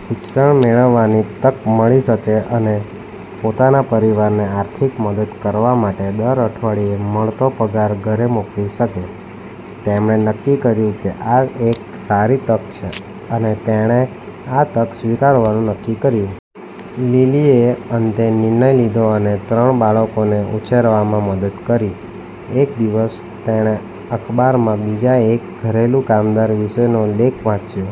શિક્ષણ મેળવવાની તક મળી શકે અને પોતાના પરિવારને આર્થિક મદદ કરવા માટે દર અઠવાડિયે મળતો પગાર ઘરે મોકલી શકે. તેમણે નક્કી કર્યું કે આ એક સારી તક છે અને તેણે આ તક સ્વીકારવાનું નક્કી કર્યું. લિલીએ અંતે નિર્ણય લીધો અને ત્રણ બાળકોને ઉછેરવામાં મદદ કરી. એક દિવસ, તેણે અખબારમાં બીજા એક ઘરેલું કામદાર વિશેનો લેખ વાંચ્યો,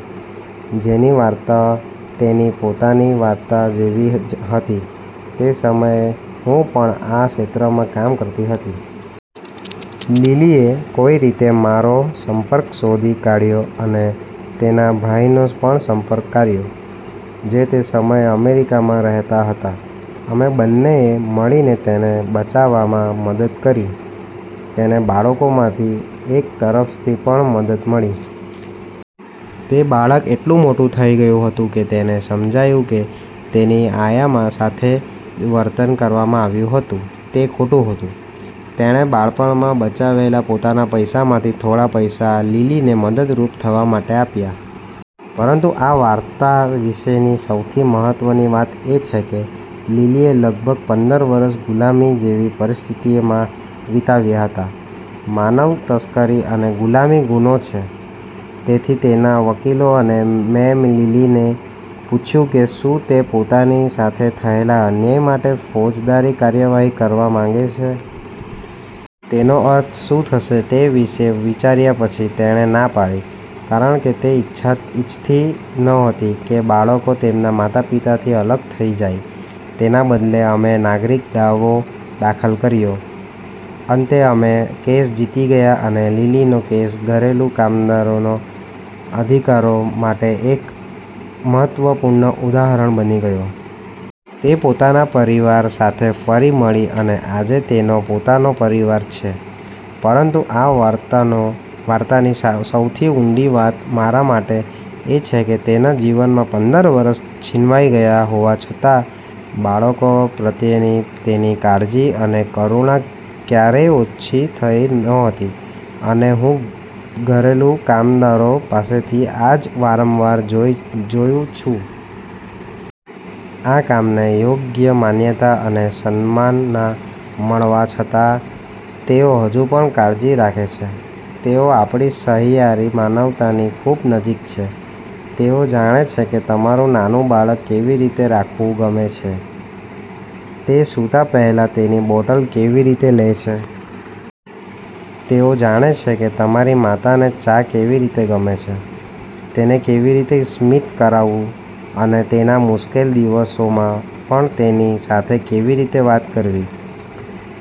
જેની વાર્તા તેની પોતાની વાર્તા જેવી જ હતી. તે સમયે હું પણ આ ક્ષેત્રમાં કામ કરતી હતી. લિલીએ કોઈ રીતે મારો સંપર્ક શોધી કાઢ્યો અને તેના ભાઈનો પણ સંપર્ક કર્યો, જે તે સમયે અમેરિકામાં રહેતા હતા. અમે બંનેએ મળીને તેને બચાવવામાં મદદ કરી. તેને બાળકોમાંથી એક તરફથી પણ મદદ મળી. તે બાળક એટલું મોટું થઈ ગયું હતું કે તેને સમજાયું કે તેની આયા સાથે જે વર્તન કરવામાં આવ્યું હતું તે ખોટું હતું. તેણે બાળપણમાં બચાવેલા પોતાના પૈસામાંથી થોડા પૈસા લિલીને મદદરૂપ થવા માટે આપ્યા. પરંતુ આ વાર્તા વિશેની સૌથી મહત્વની વાત એ છે કે લિલીએ લગભગ પંદર વર્ષ ગુલામી જેવી પરિસ્થિતિમાં વિતાવ્યાં હતાં. માનવ તસ્કરી અને ગુલામી ગુનો છે. તેથી તેના વકીલો અને મેં લિલીને પૂછ્યું કે શું તે પોતાની સાથે થયેલા અન્યાય માટે ફોજદારી કાર્યવાહી કરવા માંગે છે. તેનો અર્થ શું થશે તે વિશે વિચાર્યા પછી તેણે ના પાડી, કારણ કે તે ઇચ્છતી નહોતી કે બાળકો તેમના માતા-પિતાથી અલગ થઈ જાય. તેના બદલે, અમે નાગરિક દાવો દાખલ કર્યો. અંતે અમે કેસ જીતી ગયા અને લિલીનો કેસ ઘરેલું કામદારોના અધિકારો માટે એક મહત્વપૂર્ણ ઉદાહરણ બની ગયો. તે પોતાના પરિવાર સાથે ફરી મળી અને આજે તેનો પોતાનો પરિવાર છે. પરંતુ આ વાર્તાની સૌથી ઊંડી વાત મારા માટે એ છે કે તેના જીવનના પંદર વર્ષ છીનવાઈ ગયા હોવા છતાં, બાળકો પ્રત્યેની તેની કાળજી અને કરુણા ક્યારેય ઓછી થઈ નહોતી, અને હું ઘરેલું કામદારો પાસેથી આ જ વારંવાર જોઉં છું. આ કામને યોગ્ય માન્યતા અને સન્માન ન મળવા છતાં, તેઓ હજુ પણ કાળજી રાખે છે. તેઓ આપણી સહિયારી માનવતાની ખૂબ નજીક છે. તેઓ જાણે છે કે તમારું નાનું બાળક કેવી રીતે રાખવું ગમે છે, તે સૂતા પહેલાં તેની બોટલ કેવી રીતે લે છે. તેઓ જાણે છે કે તમારી માતાને ચા કેવી રીતે ગમે છે, તેને કેવી રીતે સ્મિત કરાવવું અને તેના મુશ્કેલ દિવસોમાં પણ તેની સાથે કેવી રીતે વાત કરવી.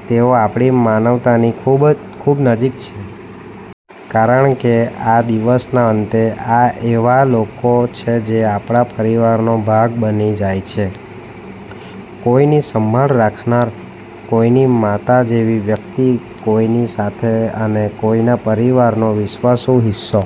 તેઓ આપણી માનવતાની ખૂબ નજીક છે. કારણ કે દિવસના અંતે, આ એવા લોકો છે જે આપણા પરિવારોનો ભાગ બની જાય છે, કોઈની સંભાળ રાખનાર, કોઈની માતા જેવી વ્યક્તિ, કોઈની સાથી અને કોઈના પરિવારનો વિશ્વાસુ હિસ્સો